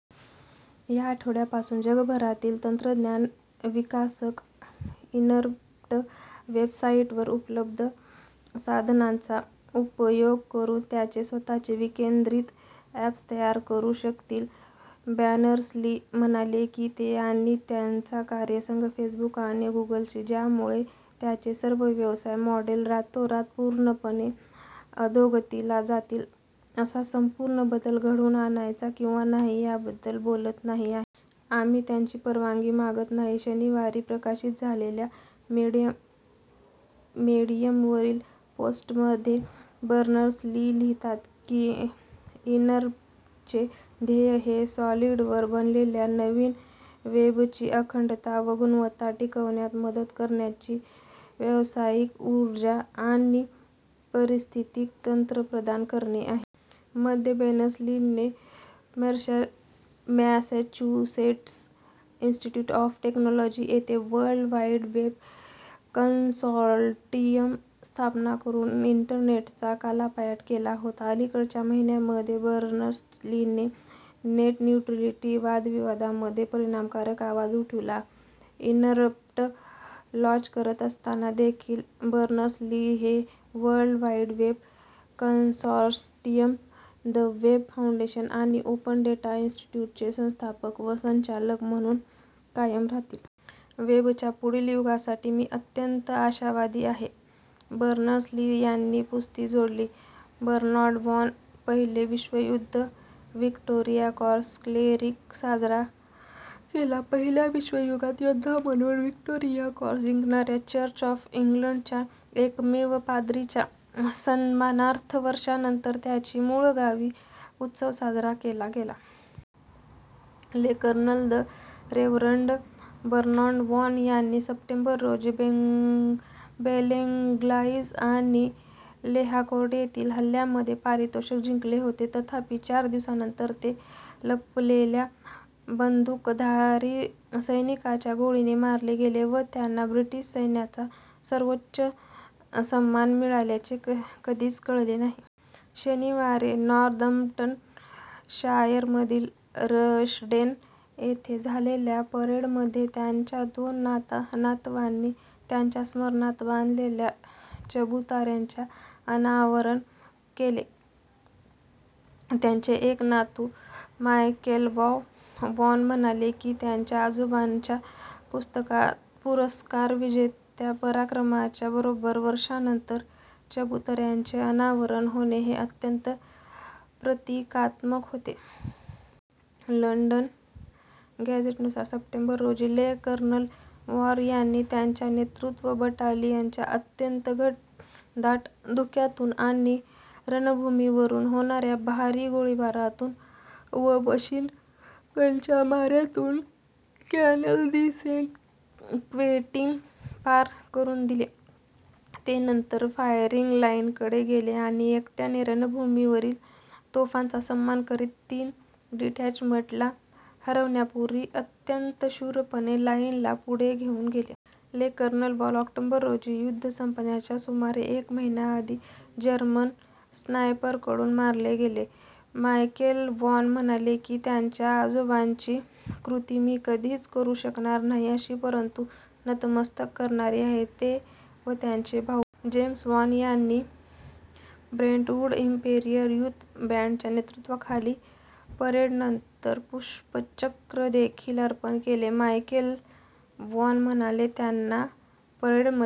या आठवड्यापासून जगभरातील तंत्रज्ञान विकासक इनरप्ट वेबसाइटवर उपलब्ध साधनांचा उपयोग करून त्यांचे स्वतःचे विकेंद्रित अॅप्स तयार करू शकतील. बर्नर्स-ली म्हणाले की ते आणि त्यांचा कार्यसंघ "फेसबुक आणि गुगलशी, ज्यामुळे त्यांचे सर्व व्यवसाय मॉडेल्स रातोरात पूर्णपणे अधोगतीला जातील असा संपूर्ण बदल घडवून आणायचा किंवा नाही याबद्दल बोलत नाही आहेत. "आम्ही त्यांची परवानगी मागत नाही. " शनिवारी प्रकाशित झालेल्या मेडियमवरील पोस्टमध्ये बर्नर्स-ली लिहितात की इनरप्टचे "ध्येय हे सॉलिडवर बनलेल्या नवीन वेबची अखंडता व गुणवत्ता टिकवण्यात मदत करण्यासाठी व्यावसायिक उर्जा आणि पारिस्थितिक तंत्र प्रदान करणे आहे. " मध्ये, बर्नर्स-लीने मॅसॅच्युसेट्स इंस्टिट्युट ऑफ टेक्नॉलॉजी येथे वर्ल्ड वाइड वेब कंसॉर्टिअम स्थापन करून इंटरनेटचा कायापालट केला होता. अलीकडच्या महिन्यांमध्ये, बर्नर्स-लीने नेट न्युट्रॅलिटी वादविवादामध्ये परिणामकारक आवाज उठविला. इनरप्ट लाँच करत असताना देखील, बर्नर्स-ली हे World Wide Web Consortium, the Web Foundation आणि ओपन डेटा इंस्टिट्युटचे संस्थापक व संचालक म्हणून कायम राहतील. "वेबच्या पुढील युगासाठी मी अत्यंत आशावादी आहे," बर्नर्स-ली यांनी पुस्ती जोडली. बर्नार्ड व्हॉन: पहिले विश्वयुद्ध व्हिक्टोरिया क्रॉस क्लेरिक साजरा केला पहिल्या विश्वयुद्धात योद्धा म्हणून व्हिक्टोरिया क्रॉस जिंकणाऱ्या चर्च ऑफ इंग्लंडच्या एकमेव पाद्रीच्या सन्मानार्थ वर्षांनंतर त्याच्या मूळगावी उत्सव साजरा केला गेला. ले. Colonel the reverend Bernard Vaughan यांनी सप्टेंबर रोजी बेलेंग्लाइज आणि लेहाकोर्ट येथील हल्ल्यामध्ये पारितोषिक जिंकले होते. तथापि, चार दिवसांनंतर ते लपलेल्या बंधुकधारी सैनिकाच्या गोळीने मारले गेले व त्यांना ब्रिटिश सैन्याचा सर्वोच्च सन्मान मिळाल्याचे कधीच कळले नाही. शनिवारी नॉर्दम्प्टनशायरमधील रश्डेन येथे झालेल्या परेडमध्ये त्यांच्या दोन नातवांनी त्यांच्या स्मरणार्थ बांधलेल्या चबुतऱ्याचे अनावरण केले. त्यांचे एक नातू, मायकेल वॉन म्हणाले की त्यांच्या आजोबांच्या पुरस्कार-विजेत्या पराक्रमाच्या बरोब्बर वर्षांनंतर चबुतऱ्याचे अनावरण होणे हे "अत्यंत प्रतिकात्मक होते. लंडन गॅझेटनुसार सप्टेंबर रोजी ले. कर्नल वॉन यांनी त्यांच्या नेतृत्वात बटालियनला "अत्यंत घनदाट धुक्यातून आणि रणभूमीवरून होणाऱ्या भारी गोळीबारातून व मशीन गनच्या माऱ्यातून" कॅनल दी सेंट-क्वेंटिन पार करून दिले. ते नंतर फायरिंग लाइनकडे गेले आणि एकट्याने रणभूमीवरील तोफांचा सामना करत तीन डिटॅचमेंटला हरवण्यापूर्वी "अत्यंत शूरपणे" लाइनला पुढे घेऊन गेले. ले. कर्नल वॉन ऑक्टोबर रोजी युद्ध संपण्याच्या सुमारे एक महिन्याआधी जर्मन स्नायपरकडून मारले गेले. मायकेल वॉन, म्हणाले की त्यांच्या आजोबांची कृती "मी कधीच करू शकणार नाही अशी परंतु नतमस्तक करणारी आहे. " ते व त्यांचे भाऊ डॉ. जेम्स वॉन यांनी ब्रेंटवूड इंपेरियल युथ बँडच्या नेतृत्वाखालील परेडनंतर पुष्पचक्र देखील अर्पण केले. मायकेल वॉन म्हणाले, त्यांना "परेडमध्ये